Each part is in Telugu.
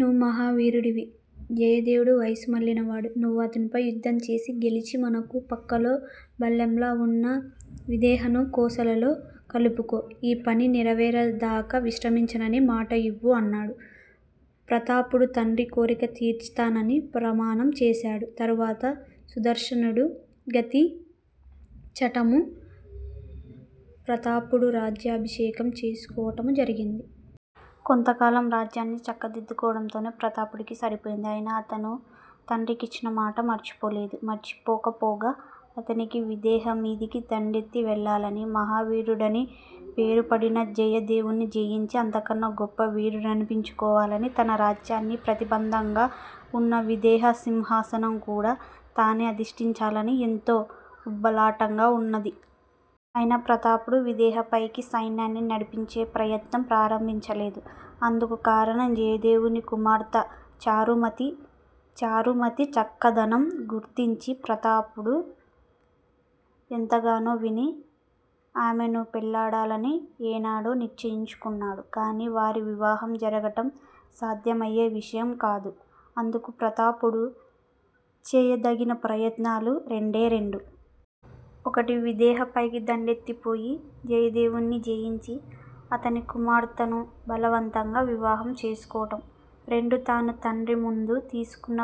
నువ్వు మహావీరుడివి. జయదేవుడు వయస్సు మళ్ళినవాడు. నువ్వు అతనిపై యుద్ధంచేసి, గెలిచి మనకు పక్కలో బల్లెంలా వున్న విదేహను కోసలలో కలుపుకో! ఈ పని నెరవేరినదాకా విశ్రమించనని మాట ఇవ్వు అన్నాడు. ప్రతాపుడు తండ్రి కోరిక తీర్చుతానని ప్రమాణం చేశాడు. తరువాత సుదర్సనుడు గతించటమూ, ప్రతాపుడు రాజ్యాభిషేకం చేసుకోవటమూ జరిగింది. కొంతకాలం రాజ్యాన్ని చక్కదిద్దుకోవటంతోనే ప్రతాపుడికి సరిపోయింది. అయినా అతను తండ్రికి ఇచ్చినమాట మరిచిపోలేదు. మరిచిపోకపోగా అతనికి విదేహ మీదికి దండెత్తి వెళ్ళాలనీ, మహావీరుడని పేరుపడిన జయదేవున్ని జయించి, అంతకన్నా గొప్ప వీరుడనిపించుకోవాలనీ, తన రాజ్యానికి ప్రతిబంధకంగా వున్న విదేహ సింహాసనం కూడా తానే అధిష్టించాలనీ ఎంతో ఉబలాటంగా ఉన్నది. అయినా ప్రతాపుడు విదేహ పైకి సైన్యాన్ని నడిపించే ప్రయత్నం ప్రారంభించలేదు. అందుకు కారణం జయదేవుడి కుమార్తె చారుమతి. చారుమతి చక్కదనం గుర్తుంచి ప్రతాపుడు ఎంతగానో విని, ఆమెనే పెళ్ళాడాలని ఏనాడో నిశ్చయించుకున్నాడు. కానీ వారి వివాహం జరగటం సాధ్యమయ్యే విషయం కాదు. అందుకు ప్రతాపుడు చేయదగిన ప్రయత్నాలు రెండే రెండు. ఒకటి- విదేహ పైకి దండెత్తిపోయి, జయదేవున్ని జయించి, అతని కుమార్తెను బలవంథగా వివాహం చేసుకోవటం, రెండు తాను తండ్రి ముందు తీసుకున్న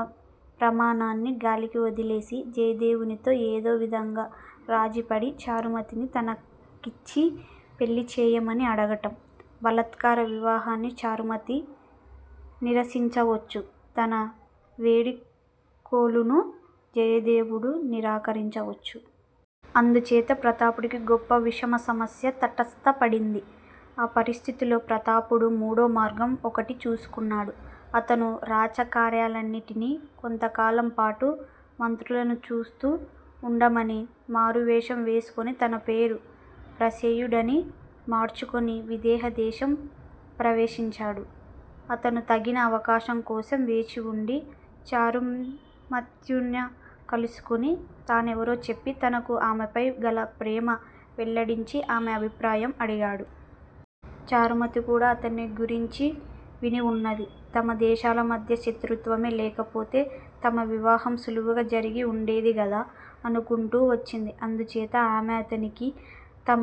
ప్రమాణాన్ని గాలికి వదిలేసి, జయదేవుడితో ఏదో విధంగా రాజీపడి, చారుమతిని తనకిచ్చి పెళ్ళిచెయ్యమని అడగటం. బలాత్కార వివాహాన్ని చారుమతి నిరసించవచ్చు. తన వేడికోలును జయదేవుడు నిరాకరించవచ్చు. అందుచేత ప్రతాపుడికి గొప్ప విషమ సమస్య తటస్థపడింది. ఆ పరిస్థితిలో ప్రతాపుడు మూడోమార్గం ఒకటి చూసుకున్నాడు. అతను రాచకార్యాలన్నిటినీ కొంతకాలంపాటు మంత్రులను చూస్తూ వుండమని, మారువేషం వేసుకుని, తన పేరు ప్రసేనుడని మార్చుకుని విదేహ దేశం ప్రవేశించాడు. అతను తగిన అవకాశం కోసం వేచివుండి చారుమత్య్ని కలుసుకుని, తానెవరో చెప్పి, తనకు ఆమెపై గల ప్రేమ వెల్లడించి, ఆమె అభిప్రాయం అడిగాడు. చారుమతి కూడా అతన్ని గురించి వినివున్నది. తమ దేశాల మధ్య శత్రుత్వమే లేకపోతే తమ వివాహం సులువుగా జరిగి ఉండేదిగదా అనుకుంటూ వచ్చింది. అందుచేత ఆమె అతనికి తమ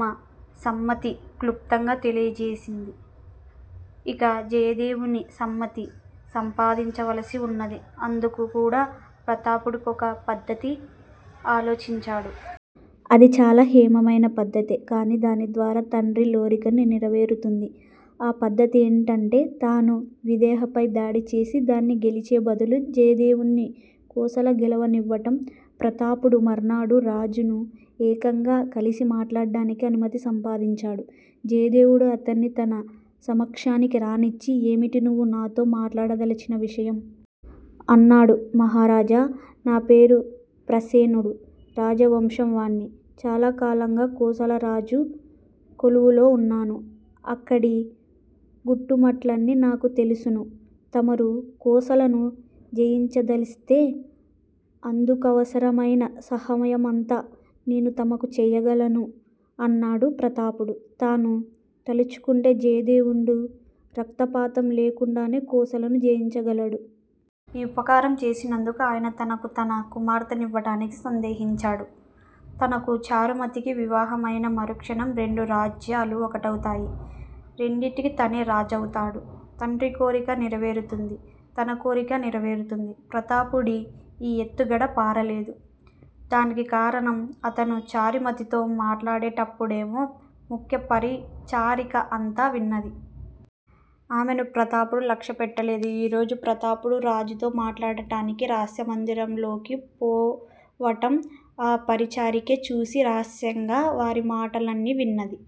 సమ్మతి క్లుప్తంగా తెలియజేసింది. ఇక జయదేవుడి సమ్మతి సంపాదించవలసి వున్నది. అందుకు కూడా ప్రతాపుడొక పద్దతి ఆలోచించాడు. అది చాలా హేయమైన పద్దతే! కాని దానిద్వారా తండ్రి లోరిక నెరవేరుతుంది. ఆ పద్దతి ఏమంటే, తాను విదేహపై దాడిచేసి దాన్ని గెలిచే బదులు, జయదేవున్ని కోసల గెలవ నివ్వటం! ప్రతాపుడు మర్నాడు రాజును ఏకాంతంగా కలిసి మాట్లాడటానికి అనుమతి సంపాదించాడు. జయదేవుడు అతన్ని తన సమక్షానికి రానిచ్చి ఏమిటి నువ్వు నాతో మాట్లాడదలచిన విషయం? అన్నాడు. మహారాజా, నా పేరు ప్రసేనుడు. రాజవంశంవాణ్ణి. చాలా కాలంగా కోసల రాజు కొలువులో వున్నాను. అక్కడి గుట్టుమట్లన్నీ నాకు తెలుసును. తమరు కోసలను జయించదలిస్తే, అందుకవసరమైన సహాయమంతా నేను తమకు చెయ్యగలను అన్నాడు ప్రతాపుడు. తాను తలుచుకుంటే జయదేవుడు రక్తపాతం లేకుండానే కోసలను జయించగలడు. ఈ ఉపకారం చేసినందుకు ఆయన తనకు తన కుమార్తె నివ్వటానికి సందేహించడు. తనకూ చారుమతికీ వివాహం అయిన మరుక్షణం రెండు రాజ్యాలూ ఒకటవుతాయి, రెంటికీ తనే రాజవుతాడు. తండ్రి కోరికా నెరవేరుతుంది. తన కోరికా నెరవేరుతుంది. ప్రతాపుడి ఈ ఎత్తుగడ పారలేదు. దానికి కారణం అతను చారుమతితో మాట్లాడినప్పుడామె ముఖ్య పరిచారిక అంతా విన్నది. ఆమెను ప్రతాపుడు లక్ష్యపెట్టలేదు. ఈ రోజు ప్రతాపుడు రాజుతో మాట్లాడటానికి రహస్య మందిరంలోకి పోవటం ఆ పరిచారికే చూసి, రహస్యంగా వారి మాటలన్నీ విన్నది.